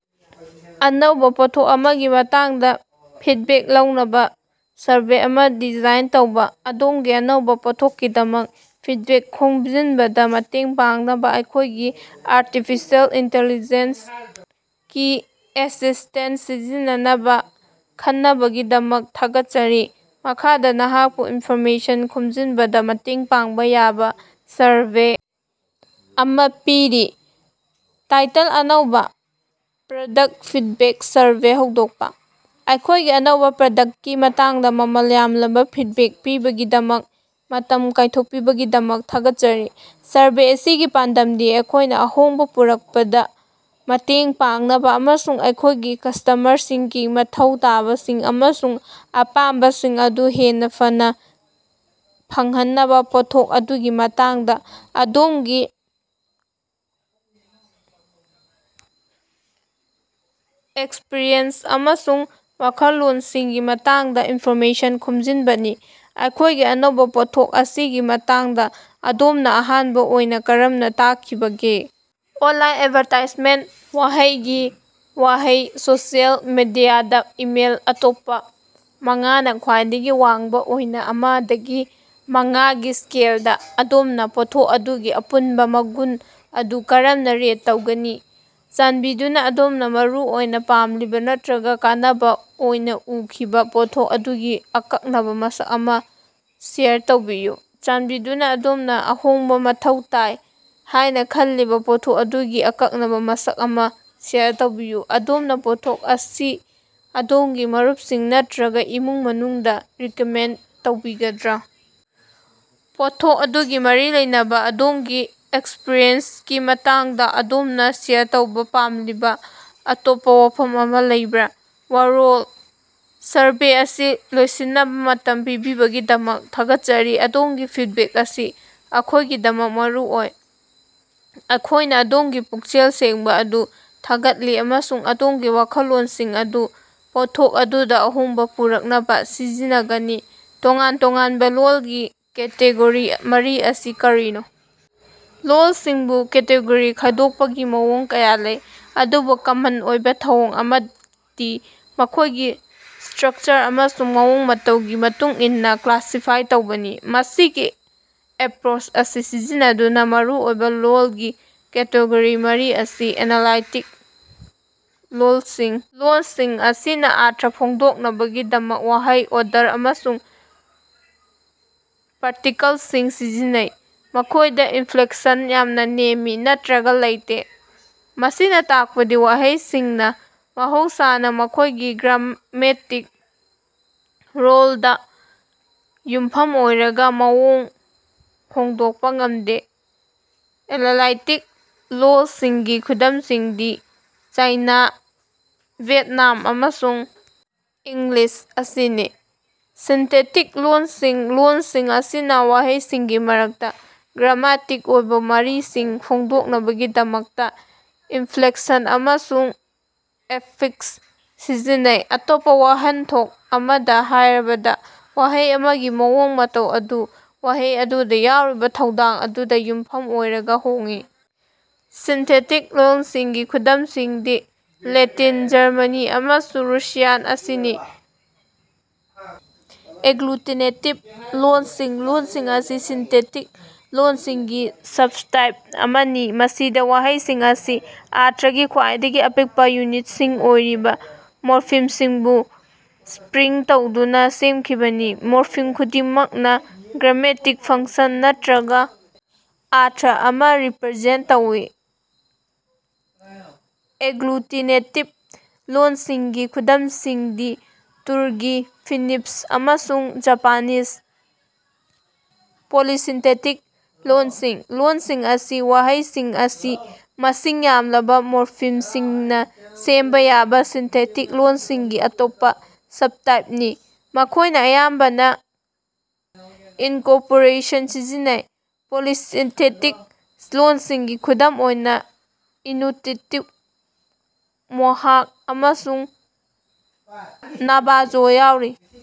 ꯑꯅꯧꯕ ꯄꯣꯠꯊꯣꯛ ꯑꯃꯒꯤ ꯃꯇꯥꯡꯗ ꯐꯤꯗꯕꯦꯛ ꯂꯧꯅꯕ ꯁꯔꯚꯦ ꯑꯃ ꯗꯤꯖꯥꯏꯟ ꯇꯧꯕ꯫ ꯑꯗꯣꯝꯒꯤ ꯑꯅꯧꯕ ꯄꯣꯠꯊꯣꯛꯀꯤꯗꯃꯛ ꯐꯤꯗꯕꯦꯛ ꯈꯣꯝꯖꯤꯟꯕꯗ ꯃꯇꯦꯡ ꯄꯥꯡꯅꯕ ꯑꯩꯈꯣꯏꯒꯤ ꯑꯥꯔꯇꯤꯐꯤꯁꯤꯑꯦꯜ ꯏꯟꯇꯤꯂꯤꯖꯦꯟꯁ ꯀꯤ ꯑꯦꯁꯤꯁꯇꯦꯟꯇ ꯁꯤꯖꯤꯟꯅꯅꯕ ꯈꯟꯅꯕꯒꯤꯗꯃꯛ ꯊꯥꯒꯠꯆꯔꯤ꯫ ꯃꯈꯥꯗ ꯅꯍꯥꯛꯄꯨ ꯏꯟꯐꯣꯔꯃꯦꯁꯟ ꯈꯣꯝꯖꯤꯟꯕꯗ ꯃꯇꯦꯡ ꯄꯥꯡꯕ ꯌꯥꯕ ꯁꯔꯚꯦ ꯑꯃ ꯄꯤꯔꯤ, ꯇꯥꯏꯇꯜ - ꯑꯅꯧꯕꯥ ꯄ꯭ꯔꯗꯛꯇ ꯐꯤꯗꯕꯦꯛ ꯁꯔꯚꯦ ꯍꯧꯗꯣꯛꯄ - ꯑꯩꯈꯣꯏꯒꯤ ꯑꯅꯧꯕꯥ ꯄ꯭ꯔꯗꯛꯇꯀꯤ ꯃꯇꯥꯡꯗ ꯃꯃꯜ ꯌꯥꯝꯂꯕ ꯐꯤꯗꯕꯦꯛ ꯄꯤꯕꯒꯤꯗꯃꯛ ꯃꯇꯝ ꯀꯥꯏꯊꯣꯛꯄꯤꯕꯒꯤꯗꯃꯛ ꯊꯥꯒꯠꯆꯔꯤ꯫ ꯁꯔꯚꯦ ꯑꯁꯤꯒꯤ ꯄꯥꯟꯗꯝꯗꯤ ꯑꯩꯈꯣꯏꯅ ꯑꯍꯣꯡꯕ ꯄꯨꯔꯛꯄꯗ ꯃꯇꯦꯡ ꯄꯥꯡꯅꯕ ꯑꯃꯁꯨꯡ ꯑꯩꯈꯣꯏꯒꯤ ꯀꯁ꯭ꯇꯃꯔꯁꯤꯡꯒꯤ ꯃꯊꯧ ꯇꯥꯕꯁꯤꯡ ꯑꯃꯁꯨꯡ ꯑꯄꯥꯝꯕꯁꯤꯡ ꯑꯗꯨ ꯍꯦꯟꯅ ꯐꯅꯥ ꯐꯪꯍꯟꯅꯕ ꯄꯣꯠꯊꯣꯛ ꯑꯗꯨꯒꯤ ꯃꯇꯥꯡꯗ ꯑꯗꯣꯝꯒꯤ ꯑꯦꯛꯁꯄ꯭ꯔꯤꯌꯦꯟꯁ ꯑꯃꯁꯨꯡ ꯋꯥꯈꯜꯂꯣꯟꯁꯤꯡꯒꯤ ꯃꯇꯥꯡꯗ ꯏꯟꯐꯣꯔꯃꯦꯁꯟ ꯈꯣꯝꯖꯤꯟꯕꯅꯤ꯫ ꯑꯩꯈꯣꯏꯒꯤ ꯑꯅꯧꯕ ꯄꯣꯠꯊꯣꯛ ꯑꯁꯤꯒꯤ ꯃꯇꯥꯡꯗ ꯑꯗꯣꯝꯅ ꯑꯍꯥꯟꯕ ꯑꯣꯏꯅ ꯀꯔꯝꯅ ꯇꯥꯈꯤꯕꯒꯦ? ꯑꯣꯟꯂꯥꯏꯟ ꯑꯦꯗꯚꯥꯔꯇꯥꯏꯖꯃꯦꯟꯇ ꯋꯥꯍꯩꯒꯤ ꯋꯥꯍꯩ ꯁꯣꯁꯤꯌꯦꯜ ꯃꯤꯗꯤꯌꯥꯗ ꯏꯃꯦꯜ ꯑꯇꯣꯞꯄ ꯃꯉꯥꯅ ꯈ꯭ꯋꯥꯏꯗꯒꯤ ꯋꯥꯡꯕ ꯑꯣꯏꯅ ꯑꯃ ꯗꯒꯤ ꯃꯉꯥꯒꯤ ꯁ꯭ꯀꯦꯜꯗ, ꯑꯗꯣꯝꯅ ꯄꯣꯠꯊꯣꯛ ꯑꯗꯨꯒꯤ ꯑꯄꯨꯟꯕ ꯃꯒꯨꯟ ꯑꯗꯨ ꯀꯔꯝꯅ ꯔꯦꯠ ꯇꯧꯒꯅꯤ? ꯆꯥꯟꯕꯤꯗꯨꯅ ꯑꯗꯣꯝꯅ ꯃꯔꯨꯑꯣꯏꯅ ꯄꯥꯝꯂꯤꯕ ꯅꯠꯇꯔꯒ ꯀꯥꯟꯅꯕ ꯑꯣꯏꯅ ꯎꯈꯤꯕ ꯄꯣꯠꯊꯣꯛ ꯑꯗꯨꯒꯤ ꯑꯀꯛꯅꯕ ꯃꯁꯛ ꯑꯃ ꯁꯦꯌꯔ ꯇꯧꯕꯤꯌꯨ ꯫ꯆꯥꯟꯕꯤꯗꯨꯅ ꯑꯗꯣꯝꯅ ꯑꯍꯣꯡꯕ ꯃꯊꯧ ꯇꯥꯏ ꯍꯥꯏꯅ ꯈꯜꯂꯤꯕ ꯄꯣꯠꯊꯣꯛ ꯑꯗꯨꯒꯤ ꯑꯀꯛꯅꯕꯥ ꯃꯁꯛ ꯑꯃ ꯁꯦꯌꯔ ꯇꯧꯕꯤꯌꯨ꯫ ꯑꯗꯣꯝꯅ ꯄꯣꯠꯊꯣꯛ ꯑꯁꯤ ꯑꯗꯣꯝꯒꯤ ꯃꯔꯨꯞꯁꯤꯡ ꯅꯠꯇꯔꯒ ꯏꯃꯨꯡ ꯃꯅꯨꯡꯗ ꯔꯤꯀꯃꯦꯟꯗ ꯇꯧꯕꯤꯒꯗ꯭ꯔꯥ? ꯄꯣꯠꯊꯣꯛ ꯑꯗꯨꯒ ꯃꯔꯤ ꯂꯩꯅꯕꯥ ꯑꯗꯣꯝꯒꯤ ꯑꯦꯛꯁꯄ꯭ꯔꯤꯌꯦꯟꯁꯀꯤ ꯃꯇꯥꯡꯗ ꯑꯗꯣꯝꯅ ꯁꯦꯌꯔ ꯇꯧꯕ ꯄꯥꯝꯂꯤꯕ ꯑꯇꯣꯞꯄ ꯋꯥꯐꯝ ꯑꯃ ꯂꯩꯕꯔꯥ? ꯋꯥꯔꯣꯜ- ꯁꯔꯚꯦ ꯑꯁꯤ ꯂꯣꯏꯁꯤꯟꯅꯕ ꯃꯇꯝ ꯄꯤꯕꯤꯕꯒꯤꯗꯃꯛ ꯊꯥꯒꯠꯆꯔꯤ, ꯑꯗꯣꯝꯒꯤ ꯐꯤꯗꯕꯦꯛ ꯑꯁꯤ ꯑꯩꯈꯣꯏꯒꯤꯗꯃꯛ ꯃꯔꯨ ꯑꯣꯏ꯫ ꯑꯩꯈꯣꯏꯅ ꯑꯗꯣꯝꯒꯤ ꯄꯨꯛꯆꯦꯜ ꯁꯦꯡꯕ ꯑꯗꯨ ꯊꯥꯒꯠꯂꯤ ꯑꯃꯁꯨꯡ ꯑꯗꯣꯝꯒꯤ ꯋꯥꯈꯜꯂꯣꯟꯁꯤꯡ ꯑꯗꯨ ꯄꯣꯠꯊꯣꯛ ꯑꯗꯨꯗ ꯑꯍꯣꯡꯕ ꯄꯨꯔꯛꯅꯕ ꯁꯤꯖꯤꯟꯅꯒꯅꯤ꯫ ꯇꯣꯉꯥꯟ-ꯇꯣꯉꯥꯟꯕ ꯂꯣꯜꯒꯤ ꯀꯦꯇꯦꯒꯣꯔꯤ ꯃꯔꯤ ꯑꯁꯤ ꯀꯔꯤꯅꯣ? ꯂꯣꯜꯁꯤꯡꯕꯨ ꯀꯦꯇꯦꯒꯣꯔꯤ ꯈꯥꯏꯗꯣꯛꯄꯒꯤ ꯃꯑꯣꯡ ꯀꯌꯥ ꯂꯩ, ꯑꯗꯨꯕꯨ ꯀꯃꯟ ꯑꯣꯏꯕ ꯊꯧꯑꯣꯡ ꯑꯃꯗꯤ ꯃꯈꯣꯏꯒꯤ ꯁ꯭ꯇꯔꯛꯆꯔ ꯑꯃꯁꯨꯡ ꯃꯑꯣꯡ ꯃꯇꯧꯒꯤ ꯃꯇꯨꯡ ꯏꯟꯅ ꯀ꯭ꯂꯥꯁꯤꯐꯥꯏ ꯇꯧꯕꯅꯤ꯫ ꯃꯁꯤꯒꯤ ꯑꯦꯄ꯭ꯔꯣꯆ ꯑꯁꯤ ꯁꯤꯖꯤꯟꯅꯗꯨꯅ ꯃꯔꯨ ꯑꯣꯏꯕ ꯂꯣꯜꯒꯤ ꯀꯦꯇꯦꯒꯣꯔꯤ ꯃꯔꯤ ꯑꯁꯤ - ꯑꯦꯅꯥꯂꯥꯏꯇꯤꯛ ꯂꯣꯜꯁꯤꯡ -ꯂꯣꯜꯁꯤꯡ ꯑꯁꯤꯅ ꯑꯔꯊ ꯐꯣꯡꯗꯣꯛꯅꯕꯒꯤꯗꯃꯛ ꯋꯥꯍꯩ ꯑꯣꯔꯗꯔ ꯑꯃꯁꯨꯡ ꯄꯥꯔꯇꯤꯀꯜꯁꯤꯡ ꯁꯤꯖꯤꯟꯅꯩ꯫ ꯃꯈꯣꯏꯗ ꯏꯟꯐ꯭ꯂꯦꯛꯁꯟ ꯌꯥꯝꯅ ꯅꯦꯝꯃꯤ ꯅꯠꯇꯔꯒ ꯂꯩꯇꯦ, ꯃꯁꯤꯅ ꯇꯥꯛꯄꯗꯤ ꯋꯥꯍꯩꯁꯤꯡꯅ ꯃꯍꯧꯁꯥꯅ ꯃꯈꯣꯏꯒꯤ ꯒ꯭ꯔꯥꯃꯦꯇꯤꯛ ꯔꯣꯜꯗ ꯌꯨꯝꯐꯝ ꯑꯣꯏꯔꯒ ꯃꯑꯣꯡ ꯍꯣꯡꯗꯣꯛꯄ ꯉꯝꯗꯦ꯫ ꯑꯦꯅꯥꯂꯥꯏꯇꯤꯛ ꯂꯣꯜꯁꯤꯡꯒꯤ ꯈꯨꯗꯝꯁꯤꯡꯗꯤ ꯆꯥꯏꯅꯥ, ꯚꯤꯌꯦꯠꯅꯥꯝ ꯑꯃꯁꯨꯡ ꯏꯪꯂꯤꯁ ꯑꯁꯤꯅꯤ꯫ ꯁꯤꯟꯊꯦꯇꯤꯛ ꯂꯣꯜꯁꯤꯡ -ꯂꯣꯜꯁꯤꯡ ꯑꯁꯤꯅ ꯋꯥꯍꯩꯁꯤꯡꯒꯤ ꯃꯔꯛꯇ ꯒ꯭ꯔꯥꯃꯦꯇꯤꯛ ꯑꯣꯏꯕꯥ ꯃꯔꯤꯁꯤꯡ ꯐꯣꯡꯗꯣꯛꯅꯕꯒꯤꯗꯃꯛꯇ ꯏꯟꯐ꯭ꯂꯦꯛꯁꯟ ꯑꯃꯁꯨꯡ ꯑꯦꯐꯤꯛꯁ ꯁꯤꯖꯤꯟꯅꯩ꯫ ꯑꯇꯣꯞꯄꯥ ꯋꯥꯍꯟꯊꯣꯛ ꯑꯃꯗꯥ ꯍꯥꯏꯔꯕꯗꯥ, ꯋꯥꯍꯩ ꯑꯃꯒꯤ ꯃꯑꯣꯡ ꯃꯇꯧ ꯑꯗꯨ ꯋꯥꯍꯩ ꯑꯗꯨꯗꯥ ꯌꯥꯎꯔꯤꯕꯥ ꯊꯧꯗꯥꯡ ꯑꯗꯨꯗꯥ ꯌꯨꯝꯐꯝ ꯑꯣꯏꯔꯒꯥ ꯍꯣꯡꯏ꯫ ꯁꯤꯟꯊꯦꯇꯤꯛ ꯂꯣꯜꯁꯤꯡꯒꯤ ꯈꯨꯗꯝꯁꯤꯡꯗꯤ ꯂꯦꯇꯤꯟ, ꯖꯔꯃꯅꯤ ꯑꯃꯁꯨꯡ ꯔꯨꯁꯤꯌꯥꯟ ꯑꯁꯤꯅꯤ꯫ ꯑꯦꯒ꯭ꯂꯨꯇꯤꯅꯦꯇꯤꯕ ꯂꯣꯜꯁꯤꯡ -ꯂꯣꯜꯁꯤꯡ ꯑꯁꯤ ꯁꯤꯟꯊꯦꯇꯤꯛ ꯂꯣꯜꯁꯤꯡꯒꯤ ꯁꯕꯇꯥꯏꯞ ꯑꯃꯅꯤ, ꯃꯁꯤꯗ ꯋꯥꯍꯩꯁꯤꯡ ꯑꯁꯤ ꯑꯔꯊꯒꯤ ꯈ꯭ꯋꯥꯏꯗꯒꯤ ꯑꯄꯤꯛꯄ ꯌꯨꯅꯤꯠꯁꯤꯡ ꯑꯣꯏꯔꯤꯕ ꯃꯣꯔꯐꯤꯝꯁꯤꯡꯕꯨ ꯁ꯭ꯇꯔꯤꯡ ꯇꯧꯗꯨꯅ ꯁꯦꯝꯈꯤꯕꯅꯤ꯫ ꯃꯣꯔꯐꯤꯝ ꯈꯨꯗꯤꯡꯃꯛꯅ ꯒ꯭ꯔꯥꯃꯦꯇꯤꯛ ꯐꯪꯁꯟ ꯅꯠꯇꯔꯒ ꯑꯔꯊ ꯑꯃ ꯔꯤꯄꯔꯖꯦꯟꯇ ꯇꯧꯏ꯫ ꯑꯦꯒ꯭ꯂꯨꯇꯤꯅꯦꯇꯤꯕ ꯂꯣꯜꯁꯤꯡꯒꯤ ꯈꯨꯗꯝꯁꯤꯡꯗꯤ ꯇꯨꯔꯀꯤ, ꯐꯤꯅꯤꯁ ꯑꯃꯁꯨꯡ ꯖꯄꯥꯅꯤꯖꯅꯤ꯫ ꯄꯣꯂꯤꯁꯤꯟꯊꯦꯇꯤꯛ ꯂꯣꯜꯁꯤꯡ - ꯂꯣꯜꯁꯤꯡ ꯑꯁꯤ ꯋꯥꯍꯩꯁꯤꯡ ꯑꯁꯤ ꯃꯁꯤꯡ ꯌꯥꯝꯂꯕꯥ ꯃꯣꯔꯐꯤꯝꯁꯤꯡꯅ ꯁꯦꯝꯕ ꯌꯥꯕ ꯁꯤꯟꯊꯦꯇꯤꯛ ꯂꯣꯜꯁꯤꯡꯒꯤ ꯑꯇꯣꯞꯄ ꯁꯕꯇꯥꯏꯞꯅꯤ꯫ ꯃꯈꯣꯏꯅ ꯑꯌꯥꯝꯕꯅ ꯏꯟꯀꯣꯔꯄꯣꯔꯦꯁꯟ ꯁꯤꯖꯤꯟꯅꯩ꯫ ꯄꯣꯂꯤꯁꯤꯟꯊꯦꯇꯤꯛ ꯂꯣꯜꯁꯤꯡꯒꯤ ꯈꯨꯗꯝ ꯑꯣꯏꯅ ꯏꯅꯨꯛꯇꯤꯇꯨꯠ, ꯃꯣꯍꯥꯛ ꯑꯃꯁꯨꯡ ꯅꯥꯚꯥꯖꯣ ꯌꯥꯎꯔꯤ꯫